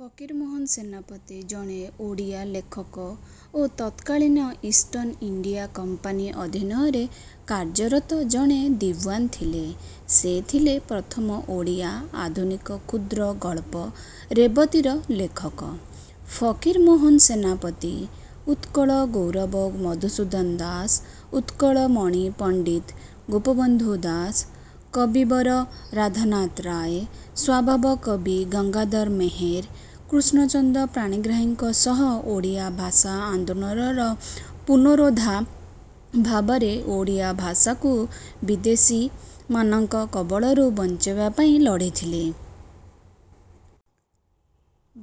ଫକୀର ମୋହନ ସେନାପତି ଜଣେ ଓଡ଼ିଆ ଲେଖକ ଓ ତତ୍କାଳୀନ ଇଷ୍ଟ ଇଣ୍ଡିଆ କମ୍ପାନୀ ଅଧୀନରେ କାର୍ଯ୍ୟରତ ଜଣେ ଦେୱାନ ଥିଲେ। ସେ ଥିଲେ ପ୍ରଥମ ଓଡ଼ିଆ ଆଧୁନିକ କ୍ଷୁଦ୍ରଗଳ୍ପ ରେବତୀର ଲେଖକ। ଫକୀର ମୋହନ ସେନାପତି, ଉତ୍କଳ ଗୌରବ ମଧୁସୂଦନ ଦାସ, ଉତ୍କଳମଣି ପଣ୍ଡିତ ଗୋପବନ୍ଧୁ ଦାସ, କବିବର ରାଧାନାଥ ରାୟ, ସ୍ୱଭାବ କବି ଗଙ୍ଗାଧର ମେହେର, କୃଷ୍ଣଚନ୍ଦ୍ର ପାଣିଗ୍ରାହୀଙ୍କ ସହ ଓଡ଼ିଆ ଭାଷା ଆନ୍ଦୋଳନର ପୁରୋଧା ଭାବରେ ଓଡ଼ିଆ ଭାଷାକୁ ବିଦେଶୀମାନଙ୍କ କବଳରୁ ବଞ୍ଚାଇବା ପାଇଁ ଲଢିଥିଲେ।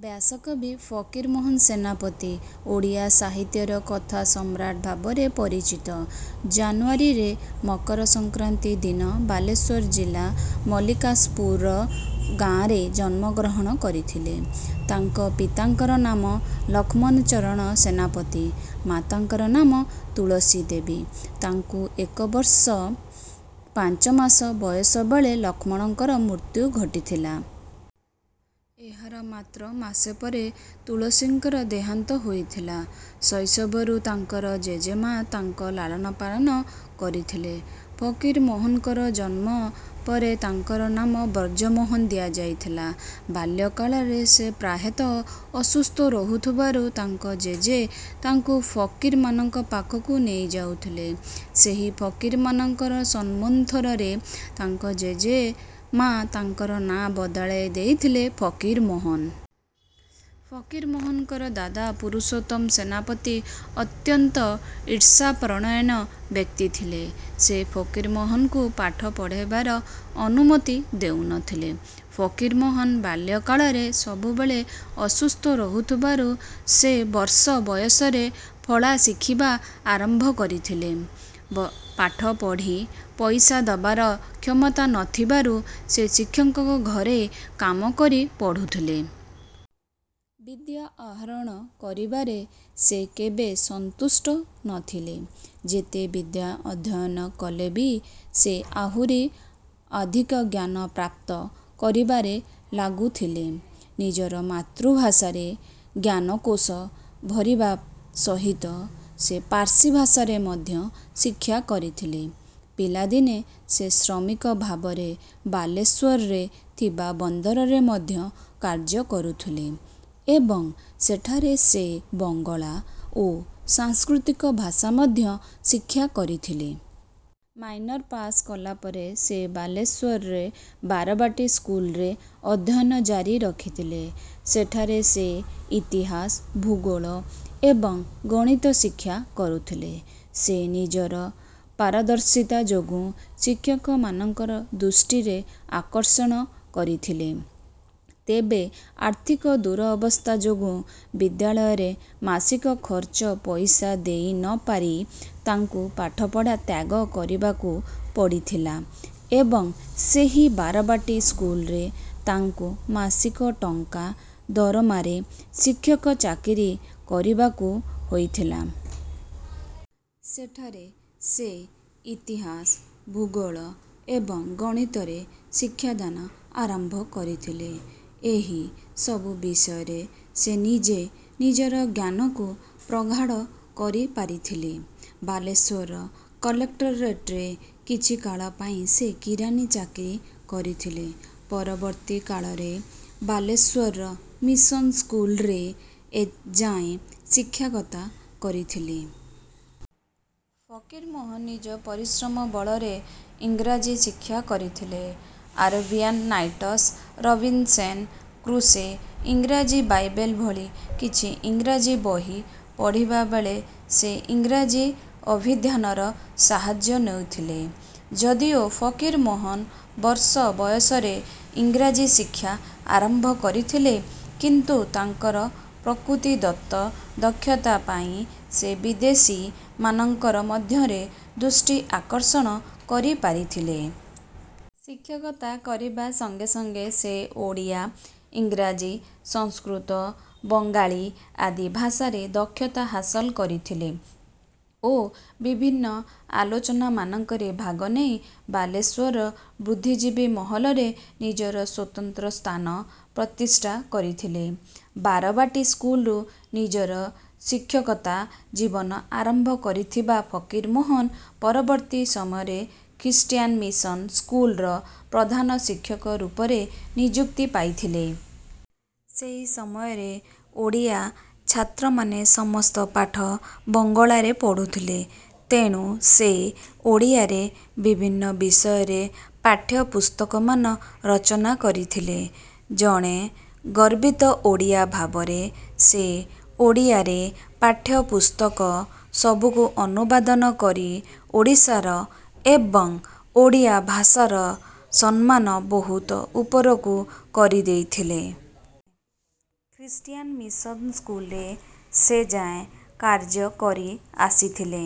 ବ୍ୟାସକବି ଫକୀର ମୋହନ ସେନାପତି ଓଡ଼ିଆ ସାହିତ୍ୟର କଥା ସମ୍ରାଟ ଭାବରେ ପରିଚିତ। ଜାନୁଆରୀ ରେ ମକର ସଂକ୍ରାନ୍ତି ଦିନ ବାଲେଶ୍ୱର ଜିଲ୍ଲାର ମଲ୍ଲିକାଶପୁର ଗାଆଁରେ ଜନ୍ମଗ୍ରହଣ କରିଥିଲେ। ତାଙ୍କ ପିତାଙ୍କ ନାମ ଲକ୍ଷ୍ମଣ ଚରଣ ସେନାପତି ଓ ମାତାଙ୍କ ନାମ ତୁଳସୀ ଦେବୀ। ତାଙ୍କୁ ଏକ ବର୍ଷ ପାଞ୍ଚ ମାସ ବୟସ ବେଳେ ଲକ୍ଷ୍ମଣଙ୍କ ମୃତ୍ୟୁ ଘଟିଥିଲା। ଏହାର ମାତ୍ର ମାସ ପରେ ତୁଳସୀଙ୍କ ଦେହାନ୍ତ ହୋଇଥିଲା। ଶୈଶବରୁ ତାଙ୍କ ଜେଜେମା ତାଙ୍କ ଲାଳନପାଳନ କରିଥିଲେ। ଫକୀରମୋହନଙ୍କ ଜନ୍ମ ପରେ ତାଙ୍କ ନାମ ବ୍ରଜମୋହନ ଦିଆଯାଇଥିଲା। ବାଲ୍ୟକାଳରେ ସେ ପ୍ରାୟତଃ ଅସୁସ୍ଥ ରହୁଥିବାରୁ ତାଙ୍କ ଜେଜେ ତାଙ୍କୁ ଫକୀରମାନଙ୍କ ପାଖକୁ ନେଇଯାଉଥିଲେ। ସେହି ଫକୀରମାନଙ୍କ ସମ୍ମାନାର୍ଥେ ତାଙ୍କ ଜେଜେମା' ତାଙ୍କ ନାଁ ବଦଳାଇ କରିଦେଲେ ଫକୀରମୋହନ। ଫକୀରମୋହନଙ୍କର ଦାଦା ପୁରୁଷୋତ୍ତମ ସେନାପତି ଅତ୍ୟନ୍ତ ଇର୍ଷାପରାୟଣୀ ବ୍ୟକ୍ତି ଥିଲେ। ସେ ଫକୀରମୋହନଙ୍କୁ ପାଠ ପଢ଼ିବାର ଅନୁମତି ଦେଉ ନ ଥିଲେ। ଫକୀରମୋହନ ବାଲ୍ୟକାଳରେ ସବୁବେଳେ ଅସୁସ୍ଥ ରହୁଥିବାରୁ, ସେ ବର୍ଷ ବୟସରେ ଫଳା ଶିଖିବା ଆରମ୍ଭ କରିଥିଲେ। ପାଠ ପଢ଼ି ପଇସା ଦେବାର କ୍ଷମତା ନ ଥିବାରୁ ସେ ଶିକ୍ଷକଙ୍କ ଘରେ କାମ କରି ପଢ଼ୁଥିଲେ। ବିଦ୍ୟା ଆହରଣ କରିବାରେ ସେ କେବେ ସନ୍ତୁଷ୍ଟ ନ ଥିଲେ। ଯେତେ ବିଦ୍ୟା ଅଧ୍ୟୟନ କଲେ ବି ସେ ଆହୁରି ଆଧିକ ଜ୍ଞାନ ପ୍ରାପ୍ତ କରିବାରେ ଲାଗୁଥିଲେ। ନିଜ ମାତୃଭାଷାରେ ଜ୍ଞାନକୋଷ ଭରିବା ସହିତ ସେ ପାର୍ସୀ ଭାଷା ମଧ୍ୟ ଶିକ୍ଷା କରିଥିଲେ। ପିଲାଦିନେ ସେ ଶ୍ରମିକ ଭାବରେ ବାଲେଶ୍ୱରରେ ଥିବା ବନ୍ଦରରେ ମଧ୍ୟ କାର୍ଯ୍ୟ କରୁଥିଲେ ଏବଂ ସେଠାରେ ସେ ବଙ୍ଗାଳୀ ଓ ସଂସ୍କୃତ ଭାଷା ମଧ୍ୟ ଶିକ୍ଷା କରିଥିଲେ। ମାଇନର ପାଶ୍ କଲା ପରେ ସେ ବାଲେଶ୍ୱରର ବାରବାଟୀ ସ୍କୁଲରେ ବିଦ୍ୟାଧ୍ୟୟନ ଜାରି ରଖିଥିଲେ। ସେଠାରେ ସେ ଇତିହାସ, ଭୂଗୋଳ ଏବଂ ଗଣିତ ଶିକ୍ଷା କରୁଥିଲେ। ସେ ନିଜର ପାରଦର୍ଶିତା ଯୋଗୁଁ ଶିକ୍ଷକମାନଙ୍କର ଦୃଷ୍ଟି ଆକର୍ଷଣ କରିଥିଲେ। ତେବେ ଆର୍ଥିକ ଦୁରବସ୍ଥା ଯୋଗୁଁ ବିଦ୍ୟାଳୟର ମାସିକ ଖର୍ଚ୍ଚ ପଇସା ଦେଇ ନ ପାରି ତାଙ୍କୁ ପାଠପଢ଼ା ତ୍ୟାଗ କରିବାକୁ ପଡ଼ିଥିଲା ଏବଂ ସେହି ବାରବାଟୀ ସ୍କୁଲରେ ତାଙ୍କୁ ମାସିକ ଟଙ୍କା ଦରମାରେ ଶିକ୍ଷକ ଚାକିରୀ କରିବାକୁ ହୋଇଥିଲା। ସେଠାରେ ସେ ଇତିହାସ, ଭୂଗୋଳ ଏବଂ ଗଣିତରେ ଶିକ୍ଷାଦାନ ଆରମ୍ଭ କରିଦେଲେ। ଏହି ସବୁ ବିଷୟରେ ସେ ନିଜେ ନିଜର ଜ୍ଞାନକୁ ପ୍ରଗାଢ଼ କରିପାରିଥିଲେ। ବାଲେଶ୍ୱର କଲେକ୍ଟରେଟ୍ରେ କିଛି କାଳ ପାଇଁ ସେ କିରାଣୀ ଚାକିରି କରିଥିଲେ। ପରବର୍ତ୍ତୀ କାଳରେ ସେ ବାଲେଶ୍ୱର ମିଶନ ସ୍କୁଲରେ ଯାଏଁ ଶିକ୍ଷକତା କରିଥିଲେ। ଫକୀରମୋହନ ନିଜ ପରିଶ୍ରମ ବଳରେ ଇଂରାଜୀ ଶିକ୍ଷା କରିଥିଲେ। ଆରବିଆନ ନାଇଟସ୍, ରବିନସନ କୃଷେ, ଇଂରାଜୀ ବାଇବେଲ ଭଳି କିଛି ଇଂରାଜୀ ବହି ପଢ଼ିବା ବେଳେ ସେ ଇଂରାଜୀ ଅଭିଧାନର ସାହାଯ୍ୟ ନେଇଥିଲେ। ଯଦିଓ ଫକୀରମୋହନ ବର୍ଷ ବୟସରେ ଇଂରାଜୀ ଶିକ୍ଷା ଆରମ୍ଭ କରିଥିଲେ, କିନ୍ତୁ ତାଙ୍କର ପ୍ରକୃତିଦତ୍ତ ଦକ୍ଷତା ପାଇଁ ସେ ବିଦେଶୀମାନଙ୍କର ମଧ୍ୟ ଦୃଷ୍ଟି ଆକର୍ଷଣ କରିପାରିଥିଲେ। ଶିକ୍ଷକତା କରିବା ସଙ୍ଗେ ସଙ୍ଗେ ସେ ଓଡ଼ିଆ, ଇଂରାଜୀ, ସଂସ୍କୃତ ଓ ବଙ୍ଗାଳୀ ଆଦି ଭାଷାରେ ଦକ୍ଷତା ହାସଲ କରିଥିଲେ ଓ ବିଭିନ୍ନ ଆଲୋଚନାମାନଙ୍କରେ ଭାଗ ନେଇ ବାଲେଶ୍ୱରର ବୁଦ୍ଧିଜୀବି ମହଲରେ ନିଜର ସ୍ୱତନ୍ତ୍ର ସ୍ଥାନ ପ୍ରତିଷ୍ଠା କରିଥିଲେ। ବାରବାଟୀ ସ୍କୁଲରୁ ନିଜର ଶିକ୍ଷକତା ଜୀବନ ଆରମ୍ଭ କରିଥିବା ଫକୀରମୋହନ ପରବର୍ତ୍ତୀ ସମୟରେ ଖ୍ରୀଷ୍ଟୀଆନ ମିଶନ ସ୍କୁଲର ପ୍ରଧାନଶିକ୍ଷକ ରୂପେ ନିଜୁକ୍ତି ପାଇଥିଲେ। ସେହି ସମୟରେ ଓଡ଼ିଆ ଛାତ୍ରମାନେ ସମସ୍ତ ପାଠ ବଙ୍ଗଳାରେ ପଢ଼ୁଥିଲେ, ତେଣୁ ସେ ଓଡ଼ିଆରେ ବିଭିନ୍ନ ବିଷୟରେ ପାଠ୍ୟପୁସ୍ତକମାନ ରଚନା କରିଥିଲେ। ଜଣେ ଗର୍ବିତ ଓଡ଼ିଆ ଭାବରେ ସେ ଓଡ଼ିଆରେ ପାଠ୍ୟପୁସ୍ତକ ସବୁକୁ ଅନୁବାଦ କରି ଓଡ଼ିଶାର ଏବଂ ଓଡ଼ିଆ ଭାଷାର ସମ୍ମାନ ବହୁତ ଉପରକୁ କରିଦେଇଥିଲେ। ଖ୍ରୀଷ୍ଟୀଆନ ମିଶନ ସ୍କୁଲରେ ସେ ଯାଏ କାର୍ଯ୍ୟ କରିଆସିଥିଲେ।